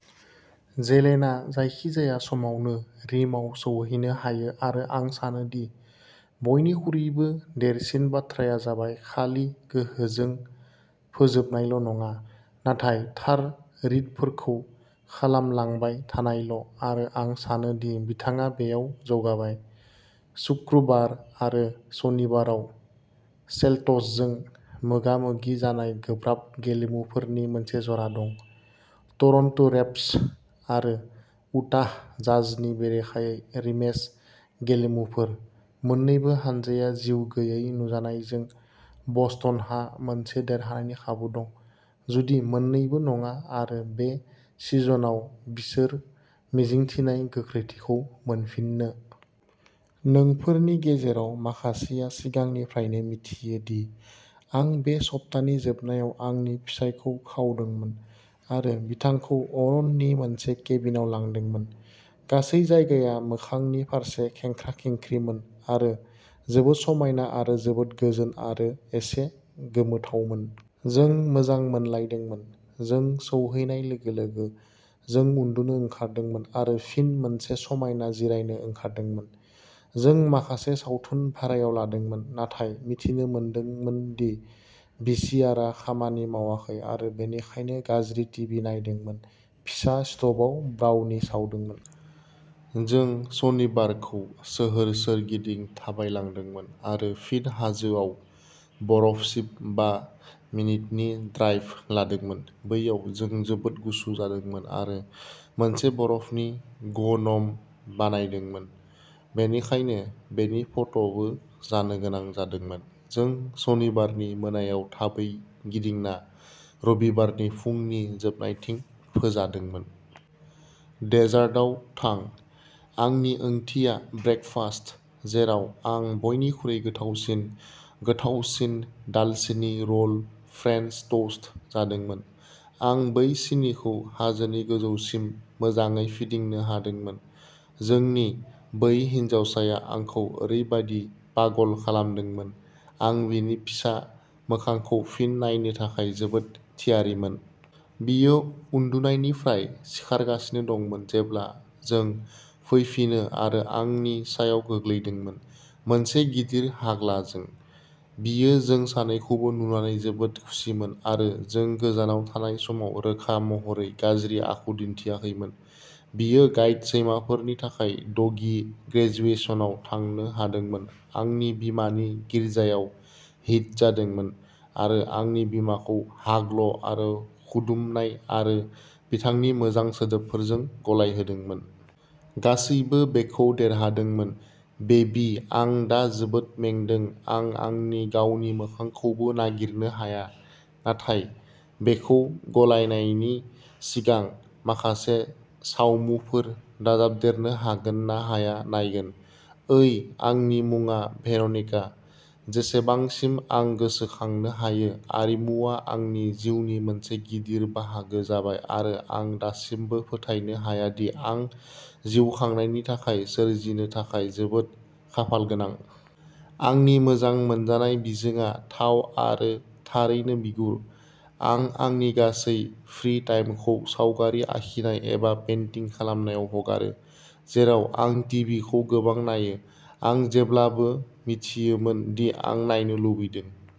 जेलेनआ जायखिजाया समावनो रिमआव सौहैनो हायो आरो आं सानो दि बयनिख्रुइबो देरसिन बाथ्राया जाबाय खालि गोहोजों फोजोबनायल' नङा, नाथाय थार रिडफोरखौ खालामलांबाय थानायल' आरो आं सानो दि बिथाङा बेयाव जौगाबाय। "सुक्रुबार आरो सनिबाराव सेल्ट्सजों मोगा-मोगि जानाय गोब्राब गेलेमुफोरनि मोनसे जरा दं, टरन्ट'रेप्टर्स आरो उटाह जाजनि बेरेखायै रिमेच गेलेमुफोर; मोन्नैबो हानजाया जिउ गैयै नुजानायजों, बस्टनहा मोनसे देरहानायनि खाबु दं, जुदि मोन्नैबो नङा आरो बे सिजनआव बिसोर मिजिंथिनाय गोख्रैथिखौ मोनफिननो। नोंफोरनि गेजेराव माखासेआ सिगांनिफ्रायनो मिथियो दि आं बे सप्तानि जोबनायाव आंनि फिसायखौ खावदोंमोन आरो बिथांखौ अरननि मोनसे केबिनआव लांदोंमोन। गासै जायगाया मोखांनि फारसे खेंख्रा-खेंख्रिमोन आरो जोबोद समायना आरो जोबोद गोजोन आरो एसे गोमोथावमोन। जों मोजां मोनलायदोंमोन। जों सौहैनाय लोगो-लोगो, जों उन्दुनो ओंखारदोंमोन आरो फिन मोनसे समायना जिरायनो ओंखारदोंमोन। जों माखासे सावथुन भारायाव लादोंमोन, नाथाय मिथिनो मोनदोंमोन दि भिसिआरआ खामानि मावाखै आरो बेनिखायनो गाज्रि टिभि नायदोंमोन, फिसा स्ट'भआव ब्राउनि सावदोंमोन। जों सनिबारखौ सोहोर सोरगिदिं थाबायलांदोंमोन आरो फिन हाजोआव बरफसिम बा मिनिटनि ड्राइभ लादोंमोन, बैयाव जों जोबोद गुसु जादोंमोन आरो मोनसे बरफनि ग'नम बानायदोंमोन। बेनिखायनो बेनि फट'बो जानो गोनां जादोंमोन। जों सनिबारनि मोनायाव थाबै गिदिंना रबिबारनि फुंनि जोबनायथिं फोजादोंमोन। डेजार्टआव थां, आंनि ओंथिया ब्रेकफास्ट, जेराव आं बयनिख्रुइ गोथावसिन, गोथावसिन दालसिनि र'ल फ्रेन्स ट'स्ट जादोंमोन आं बै सिनिखौ हाजोनि गोजौसिम मोजांङै फिदिंनो हादोंमोन। जोंनि बै हिनजावसाया आंखौ ओरैबादि पागल खालामदोंमोन, आं बिनि फिसा मोखांखौ फिन नायनो थाखाय जोबोद थियारिमोन। बियो उन्दुनायनिफ्राय सिखारगासिनो दंमोन जेब्ला जों फैफिनो आरो आंनि सायाव गोग्लैदोंमोन। मोनसे गिदिर हाग्लाजों। बियो जों सानैखौबो नुनानै जोबोद खुसिमोन आरो जों गोजानाव थानाय समाव रोखा महरै गाज्रि आखु दिन्थियाखैमोन। बियो गाइड सैमाफोरनि थाखाय डगी ग्रेजुवेशनाव थांनो हादोंमोन, आंनि बिमानि गिर्जायाव हिट जादोंमोन आरो आंनि बिमाखौ हाग्ल' आरो खुदुमनाय आरो बिथांनि मोजां सोदोबफोरजों गलाइहोदोंमोन। गासैबो बेखौ देरहादोंमोन, बेबि आं दा जोबोद मेंदों, आं आंनि गावनि मोखांखौबो नागिरनो हाया, नाथाय बेखौ गलायनायनि सिगां माखासे सावमुफोर दाजाबदेरनो हागोन ना हाया नायगोन। ओइ, आंनि मुङा भेर'निका! जेसेबांसिम आं गोसोखांनो हायो आरिमुआ आंनि जिउनि मोनसे गिदिर बाहागो जाबाय आरो आं दासिमबो फोथायनो हाया दि आं जिउ खांनायनि थाखाय सोरजिनो थाखाय जोबोद खाफालगोनां। आंनि मोजां मोनजानाय बिजोंआ थाव आरो थारैनो बिगुर। आं आंनि गासै फ्रि-टाइमखौ सावगारि आखिनाय एबा पेन्टिं खालामनायाव हगारो, जेराव आं टिभिखौ गोबां नायो। आं जेब्लाबो मिथियोमोन दि आं नायनो लुबैदों।